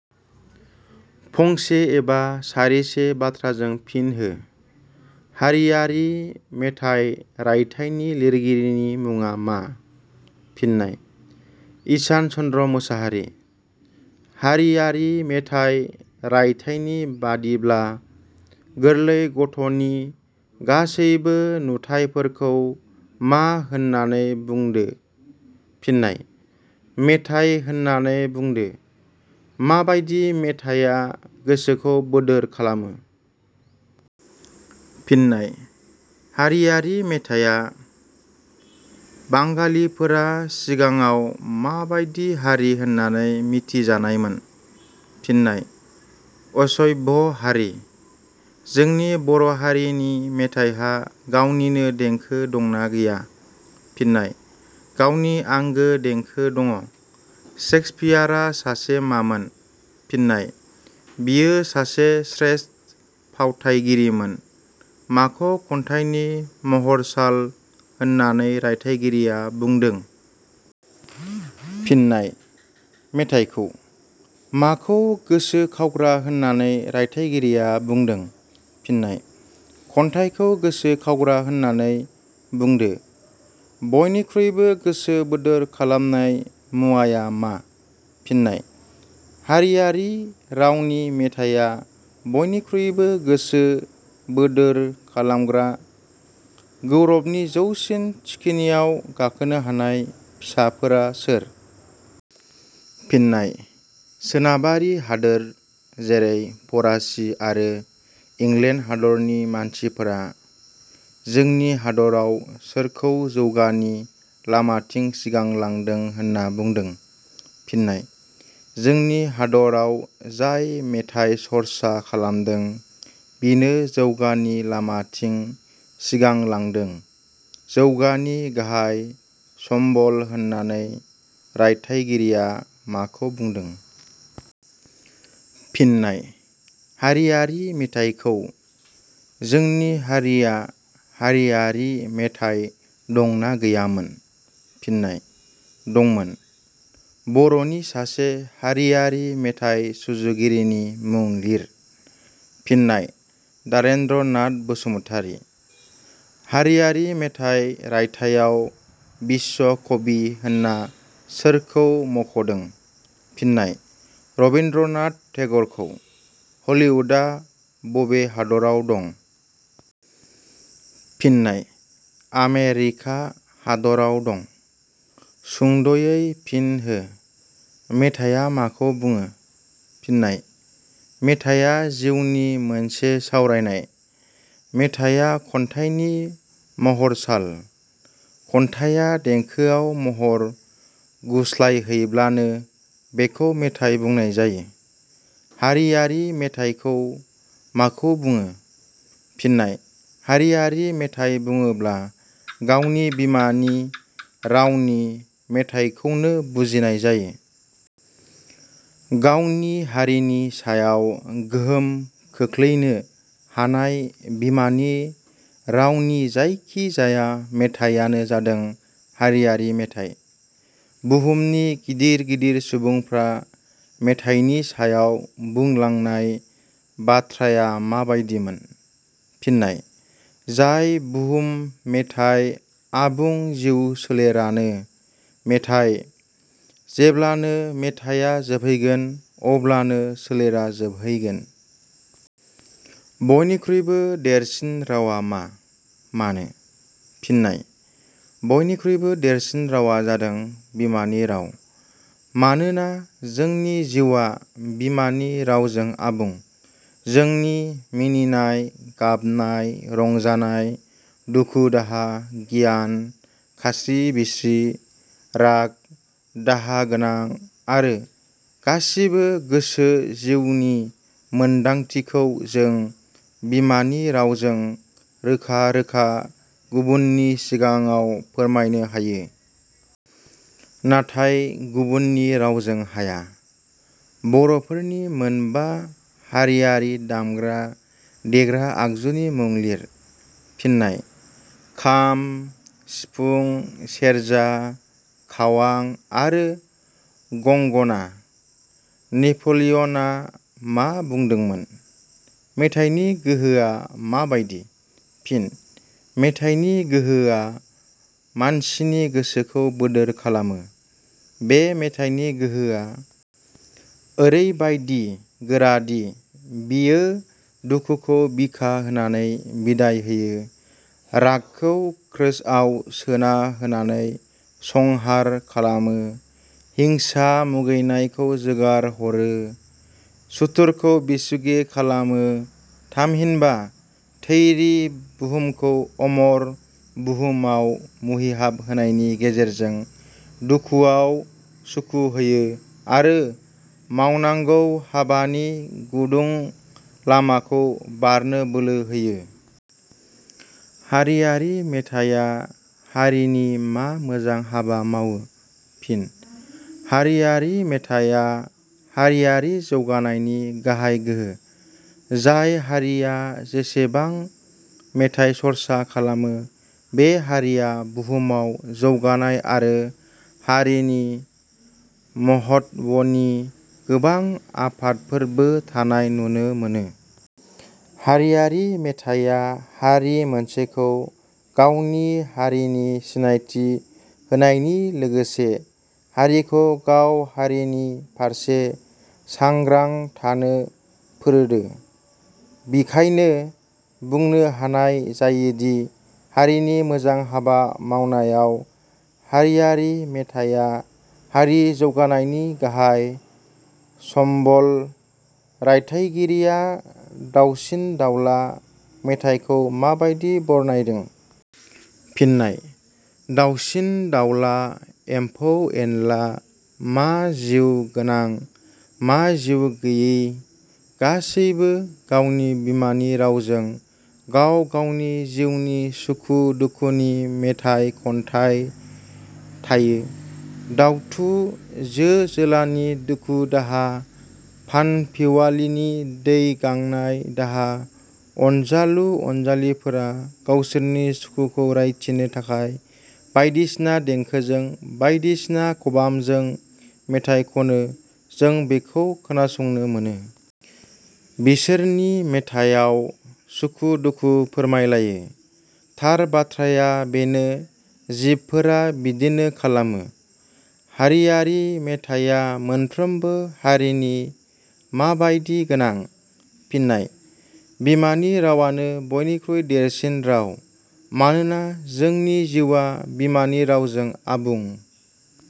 फंसे एबा सारिसे बाथ्राजों फिन हो. हारियारि मेथाइ रायथाइनि लिरगिरिनि मुङा मा? फिननाय:ईशान चन्द्र मोसाहारि।. हारिआरि मेथाइ रायथाइनि बादिब्ला गोरलै गथ'नि गासैबो नुथायफोरखौ मा होननानै बुंदो? फिननाय: मेथाइ होननानै बुंदो।. माबादि मेथाइया गोसोखौ बोदोर खालामो? फिननाय:हारियारि मेथाइया।. बांगालिफोरा सिगाङाव माबादि हारि होननानै मिथिजानायमोन? फिननाय: असभ्य हारि।. जोंनि बर'हारिनि मेथाइहा गावनिनो देंखो दंना गैया। फिननाय:गावनि आंगो देंखो दङ।. सेक्सपियारा सासे मामोन? फिननाय:बियो सासे श्रेष्ट फावथाइगिरिमोन।. माखौ खन्थाइनि महरसाल' होननानै रायथायगिरिया बुंदों? फिननाय: मेथाइखौ।. माखौ गोसो खावग्रा होननानै रायथायगिरिया बुंदों? फिननाय: खन्थाइखौ गोसो खावग्रा होननानै बुंदो।. बयनिख्रुइबो गोसो बोदोर खालामनाय मुवाया मा? फिननाय:हारियारि रावनि मेथाइया बयनिख्रुयबो गोसो बोदोर खालामग्रा।. गौरबनि जौसिन थिखिनियाव गाखोनो हानाय फिसाफोरा सोर? फिननाय:सोनाबारि हादोर जेरै -फरासि आरो इंलेण्ड हादरनि मानसिफोरा।. जोंनि हादराव सोरखौ जौगानि लामाथिं सिगांलांदों होनना बुंदों? फिननाय:जोंनि हादराव जाय मेथाइ सर्सा खालामदों बिनो जौगानि लामाथिं सिगांलांदों।. जौगानि गाहाइ सम्बल होननानै रायथायगिरिया माखौ बुंदों? फिननाय:हारियारि मेथाइखौ।. जोंनि हारिया हारियारि मेथाइ दंना गैयामोन? फिननाय:दंमोन।. बर'नि सासे हारियारि मेथाइ सुजुगिरिनि मुं लिर? फिननाय:दारेन्द्र नाथ बसुमतारि।. हारियारि मेथाइ रायथाइयाव बिस्व कवि होनना सोरखौ मख'दों? फिननाय:रबिन्द्र नाथ टेगरखौ।. हलिउडआ बबे हादराव दं? फिननाय:आमेरिका हादराव दं। सुंदयै फिन हो. मेथाइ माखौ बुङो? फिननाय: मेथाइया जिउनि मोनसे सावरायनाय। मेथाइया खन्थाइनि महरसाल'। खन्थाइया देंखोआव महर गुस्लायहैब्लानो बेखौ मेथाइ बुंनाय जायो।. हारियारि मेथाइखौ माखौ बुङो? फिननाय:हारियारि मेथाइ बुङोब्ला गावनि बिमानि रावनि मेथाइखौनो बुजिनाय जायो। गावनि हारिनि सायाव गोहोम खोख्लैनो हानाय बिमानि रावनि जायखि जाया मेथाइयानो जादों हारियारि मेथाइ।. बुहुमनि गिदिर गिदिर सुबुंफ्रा मेथाइनि सायाव बुंलांनाय बाथ्राया माबादिमोन? फिननाय:जाय बुहुम मेथाइ आबुं जिउ सोलेरानो मेथाइ। जेब्लानो मेथाइया जोबहैगोन अब्लानो सोलेरा जोबहैगोन।. बयनिख्रुइबो देरसिन रावआ मा? मानो? फिननाय: बयनिख्रुइबो देरसिन रावआ जादों बिमानि राव। मानोना जोंनि जिउआ बिमानि रावजों आबुं। जोंनि मिनिनाय, गाबनाय, रंजानाय, दुखु-दाहा, गियान, खास्रि-बिस्रि, राग, दाहा गोनां आरो गासिबो गोसो जिउनि मोन्दांथिखौ जों बिमानि रावजों रोखा-रोखा गुबुननि सिगाङाव फोरमायनो हायो। नाथाय गुबुननि रावजों हाया।. बर'फोरनि मोनबा हारियारि दामग्रा देग्रा आगजुनि मुं लिर? फिननाय:खाम, सिफुं, सेरजा, खावां आरो गंग'ना।. नेपलिय 'नआ मा बुंदोंमोन?. मेथाइनि गोहोआ माबादि? फिन: मेथाइनि गोहोआ मानसिनि गोसोखौ बोदोर खालामो। बे मेथाइनि गोहोआ ओरैबायदि गोरादि बेयो दुखुखौ भिखा होनानै बिदाय होयो, रागखौ क्रोसआव सोना होनानै संहार खालामो, हिंसा, मुगैनायखौ जोगार ह 'रो, सुथुरखौ बिसुखे खालामो थामहिनबा थैरि बुहुमखौ अमर बुहुमआव मुहिहाब होनायनि गेजेरजों दुखुआव सुखु होयो आरो मावनांगौ हाबानि गुदुं लामाखौ बारनो बोलो होयो।. हारियारि मेथाइया हारिनि मा मोजां हाबा मावो? फिन: हारियारि मेथाइया हारियारि जौगानायनि गाहाय गोहो। जाय हारिया जेसेबां मेथाइ सर्सा खालामो बे हारिया बुहुमाव जौगानाय आरो हारिनि महत्वनि गोबां आफादफोरबो थानाय नुनो मोनो। हारियारि मेथाइया हारि मोनसेखौ गावनि हारिनि सिनायथि होनायनि लोगोसे हारिखौ गाव हारिनि फारसे सांग्रां थानो फोरोडो। बिखायनो बुंनो हानाय जायोदि हारिनि मोजां हाबा मावनायाव हारियारि मेथाइया हारि जौगानायनि गाहाय "सम्बल"। '. रायथाइगिरिया दावसिन-दावला मेथाइखौ माबादि बरनायदों? फिननाय:दाउसिन-दाउला, एमफौ-एनला, मा जिउ गोनां, मा जिउ गैयि गासिबो गावनि बिमानि रावजों गाव गावनि जिउनि सुखु दुखुनि मेथाइ खन्थाइ थायो। दाउथु, जो-जोलानि दुखु दाहा फानफिवालिनि दै गांनाय दाहा, अनजालु अनजालिफोरा गावसोरनि सुखुखौ रायथिनो थाखाय बायदिसिना देंखोजों, बायदिसिना खबामजों मेथाइ खनो जों बेखौ खोनासंनो मोनो। बिसोरनि मेथाइयाव सुखु दुखु फोरमाय लायो। थार बाथ्राया बेनो जिबफोरा बिदिनो खालामो।. हारियारि मेथाइया मोनफ्रोमबो हारिनि माबादि गोनां? फिननाय:बिमानि रावानो बयनिख्रुइ देरसिन राव। मानोना जोंनि जिउआ बिमानि रावजों आबुं।